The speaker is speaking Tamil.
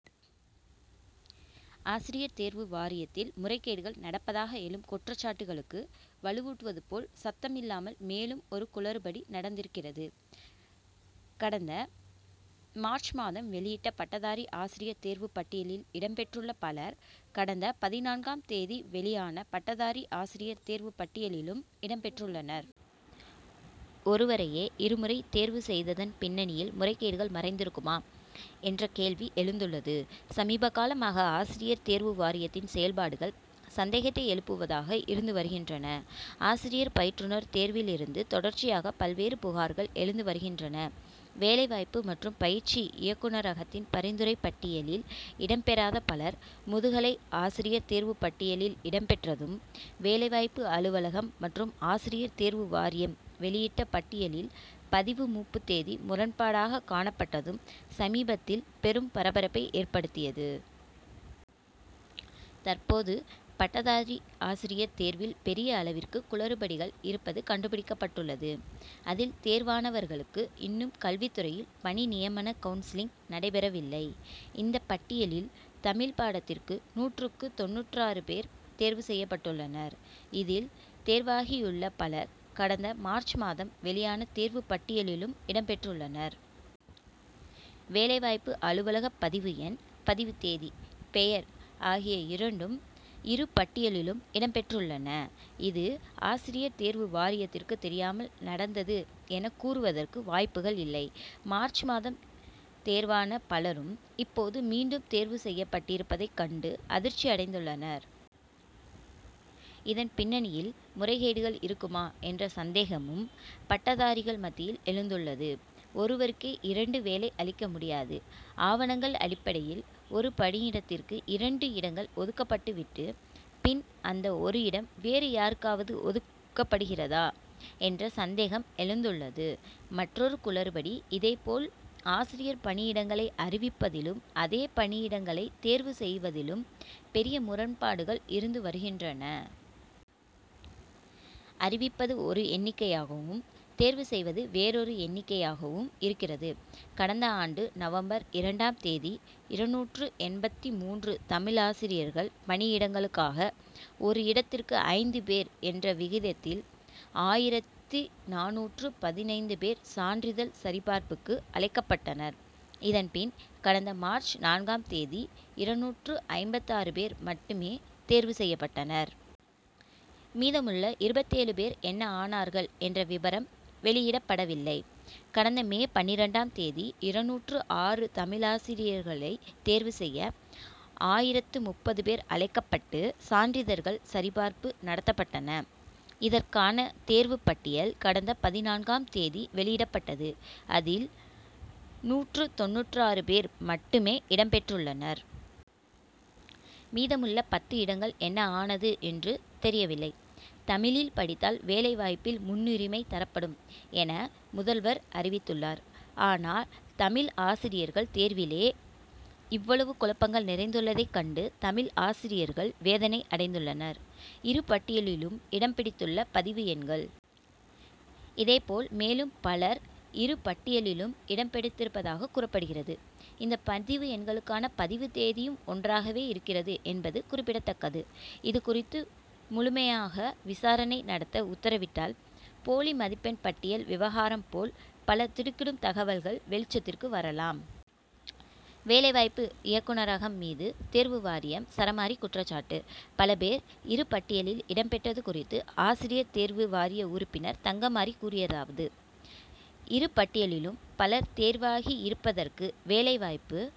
ஆசிரியர் தேர்வு வாரியத்தில் முறைகேடுகள் நடப்பதாக எழும் குற்றச்சாட்டுகளுக்கு வலுவூட்டுவது போல், சத்தம் இல்லாமல் மேலும் ஒரு குளறுபடி நடந்திருக்கிறது. கடந்த மார்ச் மாதம் வெளியிட்ட பட்டதாரி ஆசிரியர் தேர்வுப் பட்டியலில் இடம்பெற்றுள்ள பலர், கடந்த பதினான்காம் தேதி வெளியான பட்டதாரி ஆசிரியர் தேர்வுப் பட்டியலிலும் இடம் பெற்றுள்ளனர். ஒருவரையே, இருமுறை தேர்வு செய்ததன் பின்னணியில், முறைகேடுகள் மறைந்திருக்குமா என்ற கேள்வி எழுந்துள்ளது. சமீப காலமாக, ஆசிரியர் தேர்வு வாரியத்தின் செயல்பாடுகள், சந்தேகத்தை எழுப்புவதாக இருந்து வருகின்றன. ஆசிரியர் பயிற்றுனர் தேர்வில் இருந்து, தொடர்ச்சியாக பல்வேறு புகார்கள் எழுந்து வருகின்றன. வேலைவாய்ப்பு மற்றும் பயிற்சி இயக்குனரகத்தின் பரிந்துரைப் பட்டியலில் இடம்பெறாத பலர், முதுகலை ஆசிரியர் தேர்வுப் பட்டியலில் இடம்பெற்றதும், வேலைவாய்ப்பு அலுவலகம் மற்றும் ஆசிரியர் தேர்வு வாரியம் வெளியிட்ட பட்டியலில் பதிவு மூப்பு தேதி முரண்பாடாக காணப்பட்டதும், சமீபத்தில் பெரும் பரபரப்பை ஏற்படுத்தியது. தற்போது, பட்டதாரி ஆசிரியர் தேர்வில் பெரிய அளவிற்கு குளறுபடிகள் இருப்பது கண்டுபிடிக்கப்பட்டுள்ளது. அதில், தேர்வானவர்களுக்கு இன்னும் கல்வித் துறையில் பணி நியமன கவுன்சிலிங் நடைபெறவில்லை. இந்தப் பட்டியலில், தமிழ்ப் பாடத்திற்கு நூற்று தொண்ணூற்றாறு பேர் தேர்வு செய்யப்பட்டுள்ளனர். இதில், தேர்வாகியுள்ள பலர், கடந்த மார்ச் மாதம் வெளியான தேர்வுப் பட்டியலிலும் இடம் பெற்றுள்ளனர். வேலைவாய்ப்பு அலுவலக பதிவு எண், பதிவு தேதி, பெயர் ஆகிய இரண்டும், இரு பட்டியலிலும் இடம் பெற்றுள்ளன. இது, ஆசிரியர் தேர்வு வாரியத்திற்கு தெரியாமல் நடந்தது என கூறுவதற்கு வாய்ப்புகள் இல்லை. மார்ச் மாதம் தேர்வான பலரும், இப்போது மீண்டும் தேர்வு செய்யப்பட்டிருப்பதைக் கண்டு அதிர்ச்சி அடைந்துள்ளனர். இதன் பின்னணியில், முறைகேடுகள் இருக்குமா என்ற சந்தேகமும், பட்டதாரிகள் மத்தியில் எழுந்துள்ளது. ஒருவருக்கே, இரண்டு வேலை அளிக்க முடியாது. ஆவணங்கள் அடிப்படையில் ஒரு பணியிடத்திற்கு இரண்டு இடங்கள் ஒதுக்கப்பட்டு விட்டு, பின் அந்த ஒரு இடம் வேறு யாருக்காவது ஒதுக்கப்படுகிறதா என்ற சந்தேகம் எழுந்துள்ளது. மற்றொரு குளறுபடி: இதேபோல், ஆசிரியர் பணியிடங்களை அறிவிப்பதிலும், அதே பணியிடங்களை தேர்வு செய்வதிலும் பெரிய முரண்பாடுகள் இருந்து வருகின்றன. அறிவிப்பது ஒரு எண்ணிக்கையாகவும், தேர்வு செய்வது வேறொரு எண்ணிக்கையாகவும் இருக்கிறது. கடந்த ஆண்டு நவம்பர் இரண்டாம் தேதி, இருநூற்று எண்பத்து மூன்று தமிழாசிரியர்கள் பணியிடங்களுக்காக, ஒரு இடத்திற்கு ஐந்து பேர் என்ற விகிதத்தில் ஆயிரத்து நானூற்று பதினைந்து பேர் சான்றிதழ் சரிபார்ப்புக்கு அழைக்கப்பட்டனர். இதன் பின், கடந்த மார்ச் நான்காம் தேதி, இருநூற்று ஐம்பத்தாறு பேர் மட்டுமே தேர்வு செய்யப்பட்டனர். மீதமுள்ள இருபத்தேழு பேர் என்ன ஆனார்கள் என்ற விவரம் வெளியிடப்படவில்லை. கடந்த மே பன்னிரண்டாம் தேதி, இருநூற்று ஆறு தமிழாசிரியர்களை தேர்வு செய்ய ஆயிரத்து முப்பது பேர் அழைக்கப்பட்டு, சான்றிதழ்கள் சரிபார்ப்பு நடத்தப்பட்டன. இதற்கான தேர்வுப் பட்டியல், கடந்த பதினான்காம் தேதி வெளியிடப்பட்டது. அதில், நூற்று தொண்ணூற்றாறு பேர் மட்டுமே இடம் பெற்றுள்ளனர். மீதமுள்ள பத்து இடங்கள் என்ன ஆனது என்று தெரியவில்லை. தமிழில் படித்தால், வேலைவாய்ப்பில் முன்னுரிமை தரப்படும் என முதல்வர் அறிவித்துள்ளார். ஆனால், தமிழ் ஆசிரியர்கள் தேர்விலேயே இவ்வளவு குழப்பங்கள் நிறைந்துள்ளதைக் கண்டு, தமிழ் ஆசிரியர்கள் வேதனை அடைந்துள்ளனர். இரு பட்டியலிலும் இடம் பிடித்துள்ள பதிவு எண்கள்,. இதேபோல், மேலும் பலர் இரு பட்டியலிலும் இடம் பிடித்திருப்பதாகக் கூறப்படுகிறது. இந்த பதிவு எண்களுக்கான, பதிவு தேதியும் ஒன்றாகவே இருக்கிறது என்பது குறிப்பிடத்தக்கது. இது குறித்து, முழுமையாக விசாரணை நடத்த உத்தரவிட்டால், போலி மதிப்பெண் பட்டியல் விவகாரம் போல், பல திடுக்கிடும் தகவல்கள் வெளிச்சத்திற்கு வரலாம். வேலைவாய்ப்பு இயக்குனரகம் மீது தேர்வு வாரியம் சரமாரி குற்றச்சாட்டு பல பேர், இரு பட்டியலில் இடம் பெற்றது குறித்து, ஆசிரியர் தேர்வு வாரிய உறுப்பினர் தங்கமாரி கூறியதாவது: இரு பட்டியலிலும் பலர் தேர்வாகியிருப்பதற்கு, வேலைவாய்ப்பு